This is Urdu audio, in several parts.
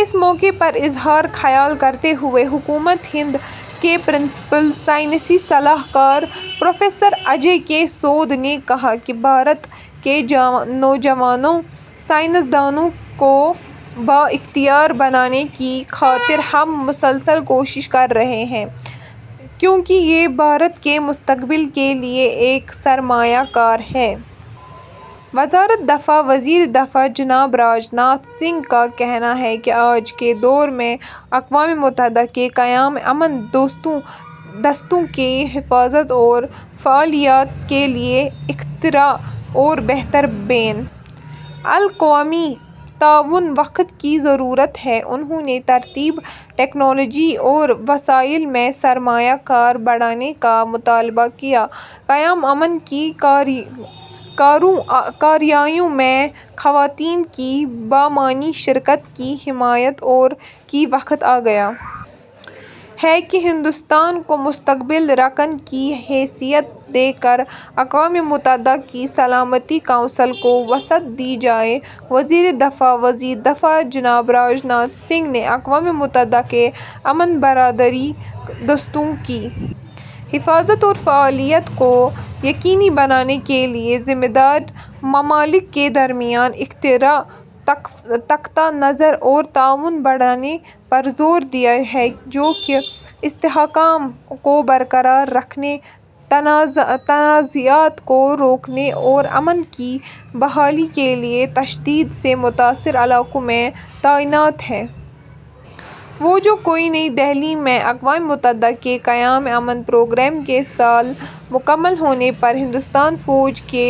اس موقع پر اظہارخیال کرتے ہوئے ، حکومت ہند کے پرنسپل سائنسی صلاح کار ، پروفیسر اجے کے سود نے کہاکہ ''بھارت کے نوجوان سائنس دانوں کو بااختیاربنانے کی خاطرہم مسلسل کوششیں کررہے ہیں کیونکہ یہ بھارت کےمستقبل کے لئے ایک سرمایہ کاری ہے۔ ''. وزارت دفاع وزیر دفاع جناب راج ناتھ سنگھ کا کہنا ہے کہ آج کے دور میں اقوام متحدہ کے قیام امن دستوں کی حفاظت اور فعالیت کے لیے اختراع اور بہتر بین الاقوامی تعاون وقت کی ضرورت ہے انہوں نے تربیت، ٹیکنالوجی اور وسائل میں سرمایہ کاری بڑھانے کا مطالبہ کیا؛ قیام امن کی کارروائیوں میں خواتین کی بامعنی شرکت کی حمایت کی وقت آگیا ہے کہ ہندوستان کو مستقل رکن کی حیثیت دے کراقوام متحدہ کی سلامتی کونسل کو وسعت دی جائے: وزیردفاع وزیر دفاع جناب راج ناتھ سنگھ نے اقوام متحدہ کے امن بردار دستوں کی حفاظت اور فعالیت کو یقینی بنانے کے لیے ذمہ دار ممالک کے درمیان اختراعی نقطہ نظر اور تعاون بڑھانے پر زور دیا ہے جو کہ استحکام کو برقرار رکھنے، تنازعات کو روکنے اور امن کی بحالی کے لیے تشدد سے متاثرہ علاقوں میں تعینات ہیں۔ وہ جون کو نئی دہلی میں اقوام متحدہ کے قیام امن پروگرام کے سال مکمل ہونے پر ہندوستانی فوج کے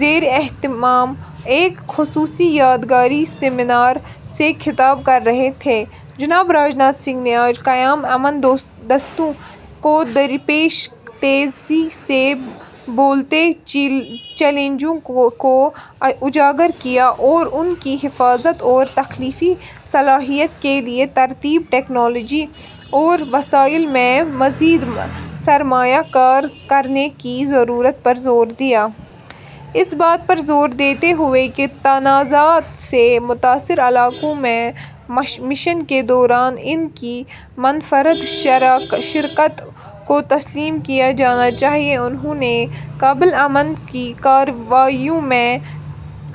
زیر اہتمام ایک خصوصی یادگاری سیمینار سے خطاب کر رہے تھے۔ جناب راج ناتھ سنگھ نے آج قیام امن دستوں کو درپیش تیزی سے بدلتے چیلنجوں کو اجاگر کیا اور ان کی حفاظت اور تخلیقی صلاحیت کے لیے تربیت، ٹیکنالوجی اور وسائل میں مزید سرمایہ کاری کرنے کی ضرورت پر زور دیا۔ ، اس بات پر زور دیتے ہوئے کہ تنازعات سے متاثرہ علاقوں میں مشن کے دوران ان کی منفرد شراکت کو تسلیم کیا جانا چاہیے، انہوں نے قیام امن کی کارروائیوں میں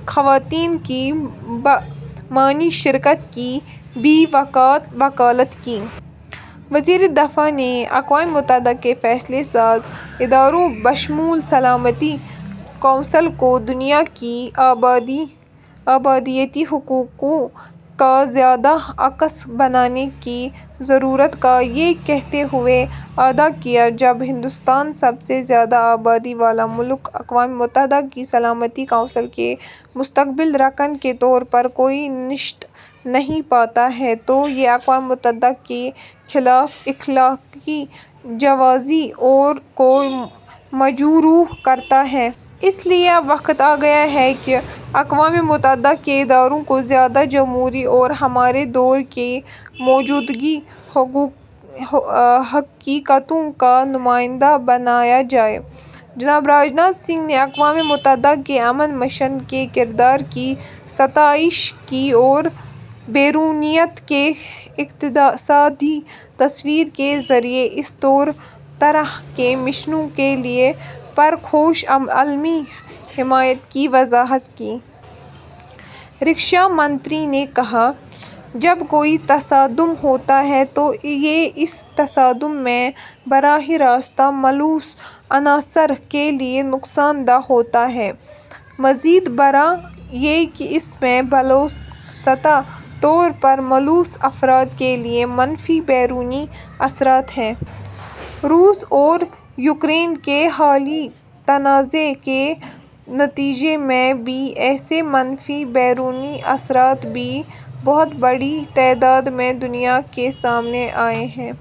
خواتین کی بامعنی شرکت کی بھی وکالت کی۔ وزیر دفاع نے اقوام متحدہ کے فیصلہ ساز اداروں بشمول سلامتی کونسل کو دنیا کی آبادیاتی حقیقتوں کا زیادہ عکاس بنانے کی ضرورت کا یہ کہتے ہوئے اعادہ کیا۔ ''جب ہندوستان، سب سے زیادہ آبادی والا ملک، اقوام متحدہ کی سلامتی کونسل کے مستقل رکن کے طور پر کوئی نشست نہیں پاتا ہے، تو یہ اقوام متحدہ کے اخلاقی جواز کو مجروح کرتا ہے۔ اس لیے اب وقت آگیا ہے کہ اقوام متحدہ کے اداروں کو زیادہ جمہوری اور ہمارے دور کی موجودہ حقیقتوں کا نمائندہ بنایا جائے''۔ جناب راج ناتھ سنگھ نے اقوام متحدہ کے امن مشن کے کردار کی ستائش کی اور 'بیرونیت' کے اقتصادی تصور کے ذریعے اس طرح کے مشنوں کے لیے پرجوش عالمی حمایت کی وضاحت کی۔ رکشا منتری نے کہا ''جب کوئی تصادم ہوتا ہے، تو یہ اس تصادم میں براہ راست ملوث عناصر کے لیے نقصان دہ ہوتا ہے۔ مزید برآں یہ کہ اس میں بالواسطہ طور پر ملوث افراد کے لیے منفی بیرونی اثرات ہیں۔ روس اور یوکرین کے حالیہ تنازعےکے نتیجے میں بھی ایسے منفی بیرونی اثرات بہت بڑی تعداد میں دنیا کے سامنے آئے ہیں۔